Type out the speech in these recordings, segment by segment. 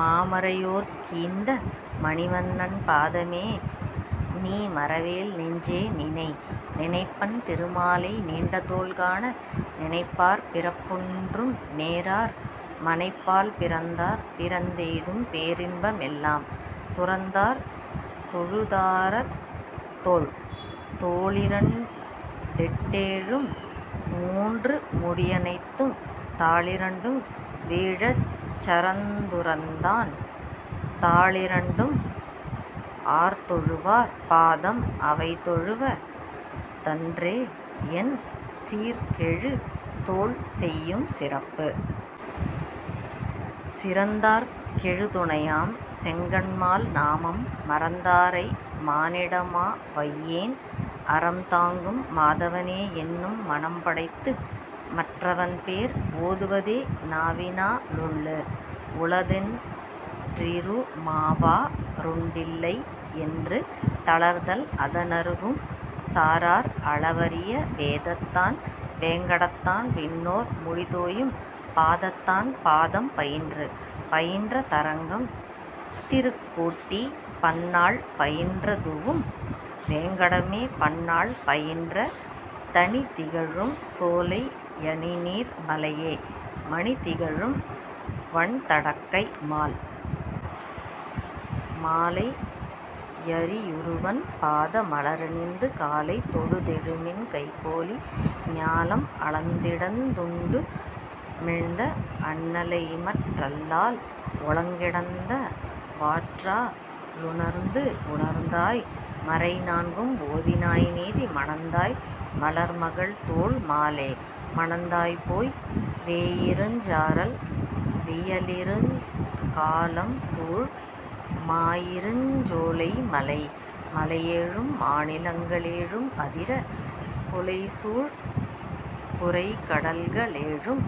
மாமறையோர்க் கீந்த மணிவண்ணன் பாதமே, நீமறவேல் நெஞ்சே. நினை. நினைப்பன் திருமாலை நீண்டதோள் காண, நினைப்பார் பிறப்பொன்றும் நேரார், மனைப்பால் பிறந்தார் பிறந்தெய்தும் பேரின்ப மெல்லாம், துறந்தார் தொழுதாரத் தோள். தோளிரண் டெட்டேழும் மூன்று முடியனைத்தும், தாளிரண்டும் வீழச் சரந்துரந்தான், தாளிரண்டும், ஆர்தொழுவார் பாதம் அவைதொழுவ தன்றே, என் சீர்கெழுதோள் செய்யும் சிறப்பு? சிறந்தார்க் கெழுதுணையாம் செங்கண்மால் நாமம், மறந்தாரை மானிடமா வையேன், அறம்தாங்கும் மாதவனே யென்னும் மனம்படைத்து, மற்றவன்பேர் ஓதுவதே நாவினா லுள்ளு. உளதென் றிறுமாவா ருண்டில்லை யென்று, தளர்தல் அதனருகும் சாரார், அளவரிய வேதத்தான் வேங்கடத்தான் விண்ணோர் முடிதோயும், பாதத்தான் பாதம் பயின்று. பயின்ற தரங்கம் திருக்கோட்டி, பன்னாள் பயின்றதுவும் வேங்கடமே பன்னாள், பயின்ற தணிதிகழும் சோலை யணிநீர் மலையே மணிதிகழும் வண்தடக்கை மால். மாலை யரியுருவன் பாத மலரணிந்து, காலை தொழுதெழுமின் கைகோலி, ஞாலம் அளந்திடந் துண்டுமிழ்ந்த அண்ணலைமற் றல்லால் உளங்கிடந்த வாற்றா லுணர்ந்து. உணர்ந்தாய் மறைநான்கும் ஓதினாய் நீதி மணந்தாய் மலர்மகள்தோள் மாலே. மணந்தாய்போய் வேயிருஞ் சாரல் வியலிரு ஞாலம்சூழ், மாயிருஞ் சோலை மலை. மலையேழும் மாநிலங்க ளேழும் அதிர, குலைசூழ் குரைகடல்க ளேழும்,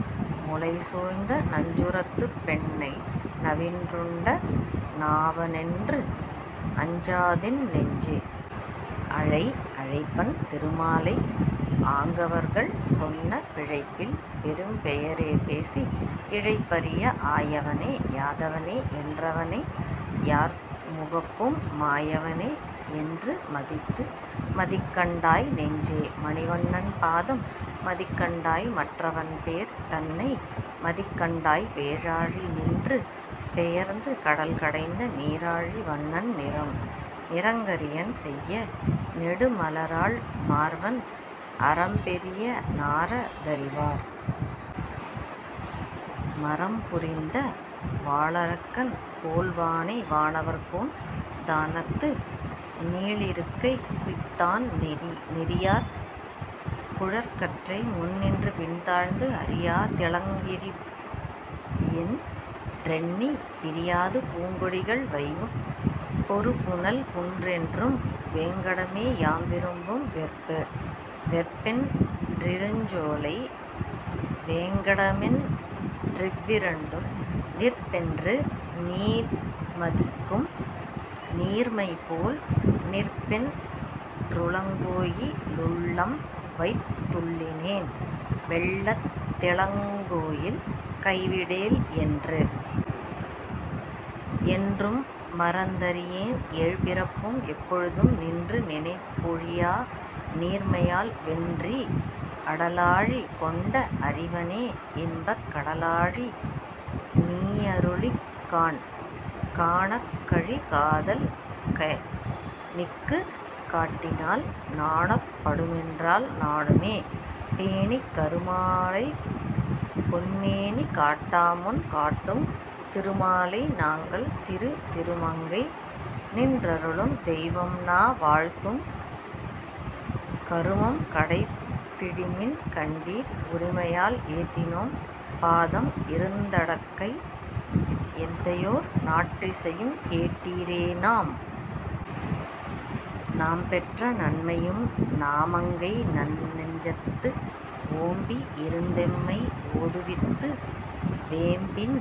முலைசூழ்ந்த நஞ்சுரத்துப் பெண்ணை நவின்றுண்ட நாவனென்று, அஞ்சாதென் னெஞ்சே. அழை. அழைப்பன் திருமாலை ஆங்கவர்கள் சொன்ன, பிழைப்பில் பெரும்பெயரே பேசி, இழைப்பரிய ஆயவனே. யாதவனே. என்றவனை யார்முகப்பும், மாயவனே என்று மதித்து. மதிக்கண்டாய் நெஞ்சே. மணிவண்ணன் பாதம், மதிக்கண்டாய் மற்றவன்பேர் தன்னை, மதிக்கண்டாய் பேராழி நின்று பெயர்ந்து கடல்கடைந்த நீராழி வண்ணன் நிறம். நிறங்கரியன் செய்ய நெடுமலராள் மார்வன், அறம்பெரிய னார தறிவார்? மறம்புரிந்த வாளரக்கன் போல்வானை வானவர்கோன் தானத்து, நீளிருக்கைக் குய்த்தான் நெறி. நெறியார் குழற்கற்றை முன்னின்று பின்தாழ்ந்து, அறியா திளங்கிரியென் றெண்ணி, பிறியாது பூங்கொடிகள் வைகும் பொருபுனல் குன்றென்றும், வேங்கடமே யாம் விரும்பும் வெற்பு. வெற்பென் றிருஞ்சோலை வேங்கடமென் றிவ்விரண்டும் நிற்பென்று நீமதிக்கும் நீர்மைபோல், நிற்பென் றுளங்கோயி லுள்ளம்வைத் துள்ளினேன், வெள்ளத் திளங்கோயில் கைவிடேல் என்று. என்றும் மறந்தறியேன் ஏழ்பிறப்பும் எப்பொழுதும், நின்று நினைப்பொழியா நீர்மையால், வென்றி அடலாழி கொண்ட அறிவனே, இன்பக் கடலாழி நீயருளிக் காண். காணக் கழிகாதல் கைமிக்குக் காட்டினால், நாணப் படுமென்றால் நாணுமே? பேணிக் கருமாலைப் பொன்மேனி காட்டாமுன் காட்டும், திருமாலை நாங்கள் திரு. திருமங்கை நின்றருளும் தெய்வம்நா வாழ்த்தும், கருமம் கடைப்பிடிமின் கண்டீர், உரிமையால் ஏத்தினோம் பாதம் இருந்தடக்கை எந்தையோர், நாற்றிசையும் கேட்டீரே நாம்? நாம்பெற்ற நன்மையும் நாமங்கை நன்னெஞ்சத்து ஓம்பி யிருந்தெம்மை ஓதுவித்து, வேம்பின்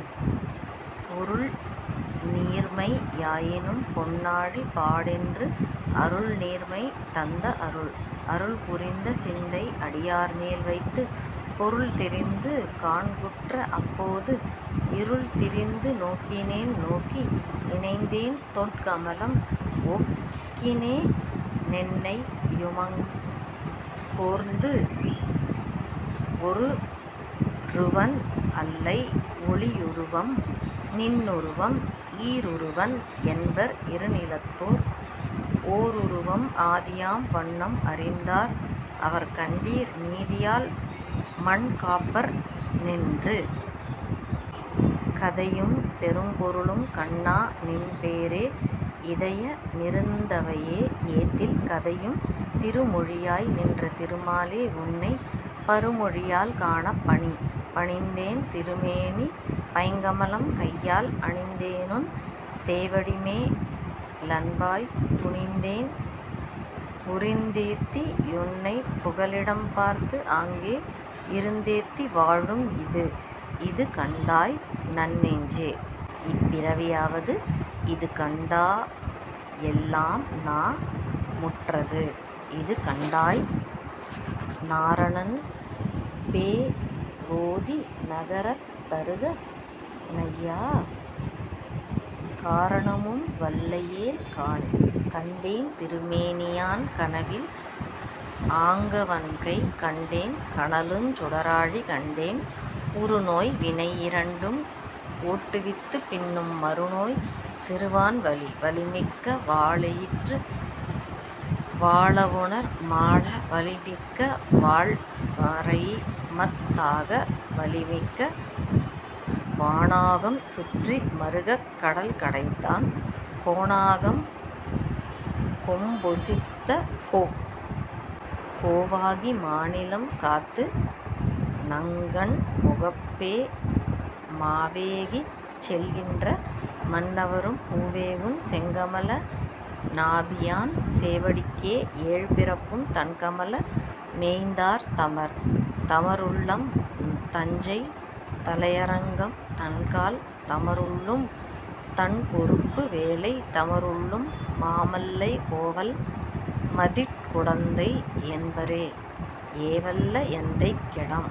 பொருள்நீர்மை யாயினும் பொன்னாழி பாடென்று, அருள்நீர்மை தந்த அருள். அருள் புரிந்த சிந்தை அடியார்மேல் வைத்து, பொருள்தெரிந்து காண்குற்ற அப்போது, இருள்திரிந்து நோக்கினேன் நோக்கி நினைந்தேன தொண்கமலம், ஓக்கினே னென்னையுமங் கோர்ந்து. ஓருருவன் அல்லை ஒளியுருவம் நின்னுருவம், ஈருருவன் என்பர் இருநிலத்தோர், ஓருருவம் ஆதியாம் வண்ணம் அறிந்தார் அவர்கண்டீர், நீதியால் மண்காப்பார் நின்று. கதையும் பெரும்பொருளும் கண்ணா. நின் பேரே, இதய மிருந்தவையே ஏத்தில், கதையும் திருமொழியாய் நின்ற திருமாலே உன்னைப், பருமொழியால் காணப் பணி. பணிந்தேன் திருமேனி பைங்கமலம் கையால் அணிந்தேனுன் சேவடிமே லன்பாய், துணிந்தேன் புரிந்தேத்தி யுன்னைப் புகலிடம்பார்த்து, ஆங்கே இருந்தேத்தி வாழும் இது. இது கண்டாய் நன்னெஞ்சே. இப்பிறவி யாவது, இதுகண்டா யெல்லாம்நா முற்றது, இதுகண்டாய் நாரணன்பே ரோதி நகரத் தருகணையா, காரணமும் வல்லையேல் காண். கண்டேன் திருமேனி யான்கனவில், ஆங்கவன்கைக் கண்டேன் கனலுஞ் சுடராழி, கண்டேன் உறுநோய் வினையிரண்டும் ஓட்டுவித்து, பின்னும் மறுநோய் செறுவான் வலி. வலிமிக்க வாளெயிற்று வாளவுணர் மாள வலிமிக்க வாள்வரைமத் தாக, வலிமிக்க வாணாகம் சுற்றி மறுகக் கடல்கடைந்தான், கோணாகம் கொம்பொசித்த கோ. கோவாகி மாநிலம் காத்து, நங் கண்முகப்பே மாவேகிச் செல்கின்ற மன்னவரும் பூவேகும் செங்கமல நாபியான் சேவடிக்கே யேழ்பிறப்பும், தண்கமல மேய்ந்தார் தமர். தமருள்ளம் தஞ்சை தலையரங்கம் தண்கால், தமருள்ளும் தண்பொருப்பு வேலை, தமருள்ளும் மாமல்லை கோவல் மதிட்குடந்தை யென்பரே, ஏவல்ல எந்தைக் கிடம்.